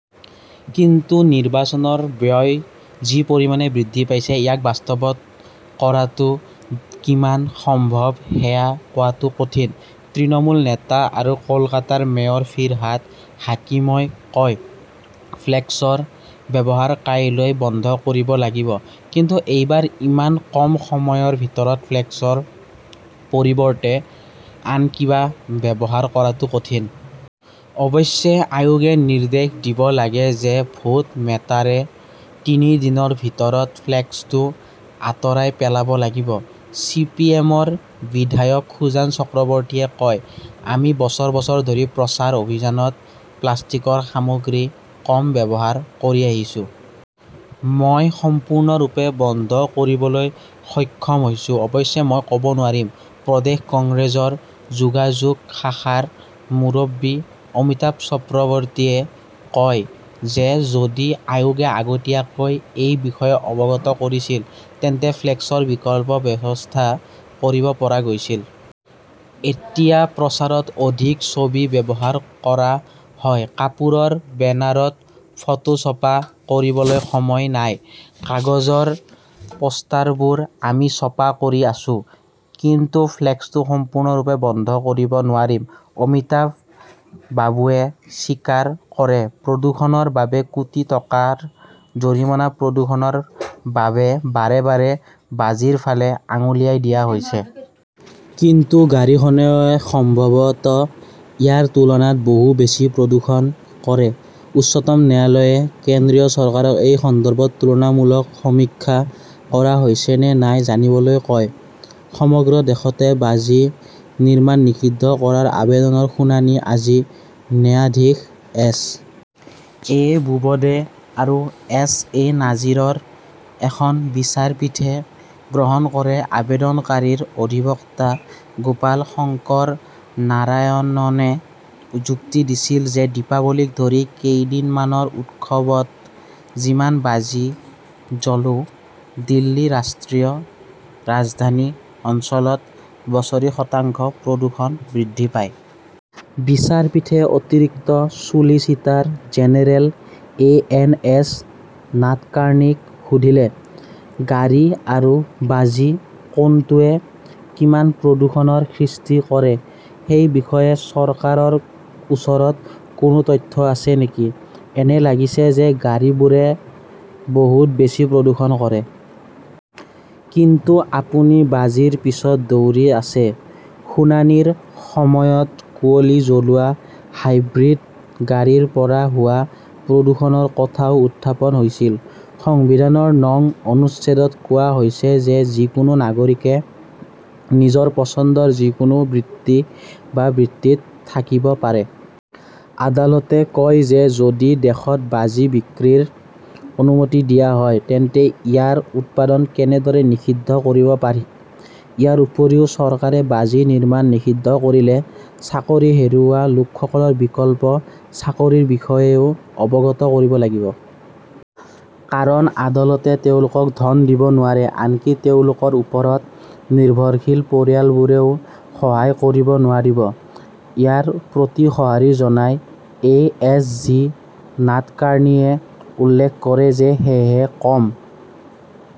কিন্তু নিৰ্বাচনৰ ব্যয় যি পৰিমাণে বৃদ্ধি পাইছে, ইয়াক বাস্তৱত কৰাটো কিমান সম্ভৱ সেয়া কোৱাটো কঠিন। তৃণমূল নেতা আৰু কলকাতাৰ মেয়ৰ ফিৰহাদ হাকিমই কয়, "ফ্লেক্সৰ ব্যৱহাৰ কাইলৈ বন্ধ কৰিব লাগিব। কিন্তু এইবাৰ ইমান কম সময়ৰ ভিতৰত ফ্লেক্সৰ পৰিৱৰ্তে আন কিবা ব্যৱহাৰ কৰাটো কঠিন। অৱশ্যে আয়োগে নিৰ্দেশ দিব লাগে যে ভোট মেটাৰে তিনি দিনৰ ভিতৰত ফ্লেক্সটো আঁতৰাই পেলাব লাগিব। "চি. পি. এম. -ৰ বিধায়ক সুজান চক্ৰৱৰ্তীয়ে কয়", আমি বছৰ বছৰ ধৰি প্ৰচাৰ অভিযানত প্লাষ্টিকৰ সামগ্ৰী কম ব্যৱহাৰ কৰি আহিছো। মই সম্পূৰ্ণৰূপে বন্ধ কৰিবলৈ সক্ষম হৈছো, অৱশ্যে, মই ক 'ব নোৱাৰিম। "প্ৰদেশ কংগ্ৰেছৰ যোগাযোগ শাখাৰ মুৰব্বী অমিতাভ চক্ৰৱৰ্তীয়ে কয় যে যদি আয়োগে আগতীয়াকৈ এই বিষয়ে অৱগত কৰিছিল তেন্তে ফ্লেক্সৰ বিকল্প ব্যৱস্থা কৰিব পৰা গৈছিল। এতিয়া প্ৰচাৰত অধিক ছবি ব্যৱহাৰ কৰা হয়। কাপোৰৰ বেনাৰত ফটো ছপা কৰিবলৈ সময় নাই। "কাগজৰ পোষ্টাৰবোৰ আমি ছপা কৰি আছো। কিন্তু ফ্লেক্সটো সম্পূৰ্ণৰূপে বন্ধ কৰিব নোৱাৰিম ", অমিতাভ বাবুৱে স্বীকাৰ কৰে। প্ৰদূষণৰ বাবে কোটি টকাৰ জৰিমনা প্ৰদূষণৰ বাবে বাৰে বাৰে বাজিৰ ফালে আঙুলিয়াই দিয়া হৈছে। কিন্তু গাড়ীখনৱে সম্ভৱতঃ ইয়াৰ তুলনাত বহু বেছি প্ৰদূষণ কৰে। উচ্চতম ন্যায়ালয়ে কেন্দ্ৰীয় চৰকাৰক এই সন্দৰ্ভত তুলনামূলক সমীক্ষা কৰা হৈছে নে নাই জানিবলৈ কয়। সমগ্ৰ দেশতে বাজি নিৰ্মাণ নিষিদ্ধ কৰাৰ আবেদনৰ শুনানি আজি ন্যায়াধীশ এছ. এ. বোবদে আৰু এছ. এ. নাজিৰৰ এখন বিচাৰপীঠে গ্ৰহণ কৰে। আবেদনকাৰীৰ অধিবক্তা গোপাল শংকৰনাৰায়ণনে যুক্তি দিছিল যে দীপাৱলীকে ধৰি কেইদিনমানৰ উৎসৱত যিমান বাজি জ্বলো, দিল্লী ৰাষ্ট্ৰীয় ৰাজধানী অঞ্চলত বছৰি শতাংশ প্ৰদূষণ বৃদ্ধি পায়। বিচাৰপীঠে অতিৰিক্ত solicitor general A. N. S. নাদকাৰ্ণীক সুধিলে, "গাড়ী আৰু বাজি, কোনটোৱে কিমান প্ৰদূষণৰ সৃষ্টি কৰে সেই বিষয়ে চৰকাৰৰ ওচৰত কোনো তথ্য আছে নেকি? এনে লাগিছে যে গাড়ীবোৰে বহুত বেছি প্ৰদূষণ কৰে। কিন্তু আপুনি বাজিৰ পিছত দৌৰি আছে। "শুনানিৰ সময়ত কুঁৱলী জ্বলোৱা, হাইব্ৰিড গাড়ীৰ পৰা হোৱা প্ৰদূষণৰ কথাও উত্থাপন হৈছিল। সংবিধানৰ নং অনুচ্ছেদত কোৱা হৈছে যে যিকোনো নাগৰিকে নিজৰ পচন্দৰ যিকোনো বৃত্তি বা বৃত্তিত থাকিব পাৰে। আদালতে কয় যে যদি দেশত বাজি বিক্ৰীৰ অনুমতি দিয়া হয়, তেন্তে ইয়াৰ উৎপাদন কেনেদৰে নিষিদ্ধ কৰিব পাৰি? ইয়াৰ উপৰিও, চৰকাৰে বাজি নিৰ্মাণ নিষিদ্ধ কৰিলে চাকৰি হেৰুওৱা লোকসকলৰ বিকল্প চাকৰিৰ বিষয়েও অৱগত কৰিব লাগিব। কাৰণ, আদালতে তেওঁলোকক ধন দিব নোৱাৰে। আনকি তেওঁলোকৰ ওপৰত নিৰ্ভৰশীল পৰিয়ালবোৰেও সহায় কৰিব নোৱাৰিব। ইয়াৰ প্ৰতি সঁহাৰি জনাই এ. এছ. জি. নাদকাৰ্ণীয়ে উল্লেখ কৰে যে সেয়েহে কম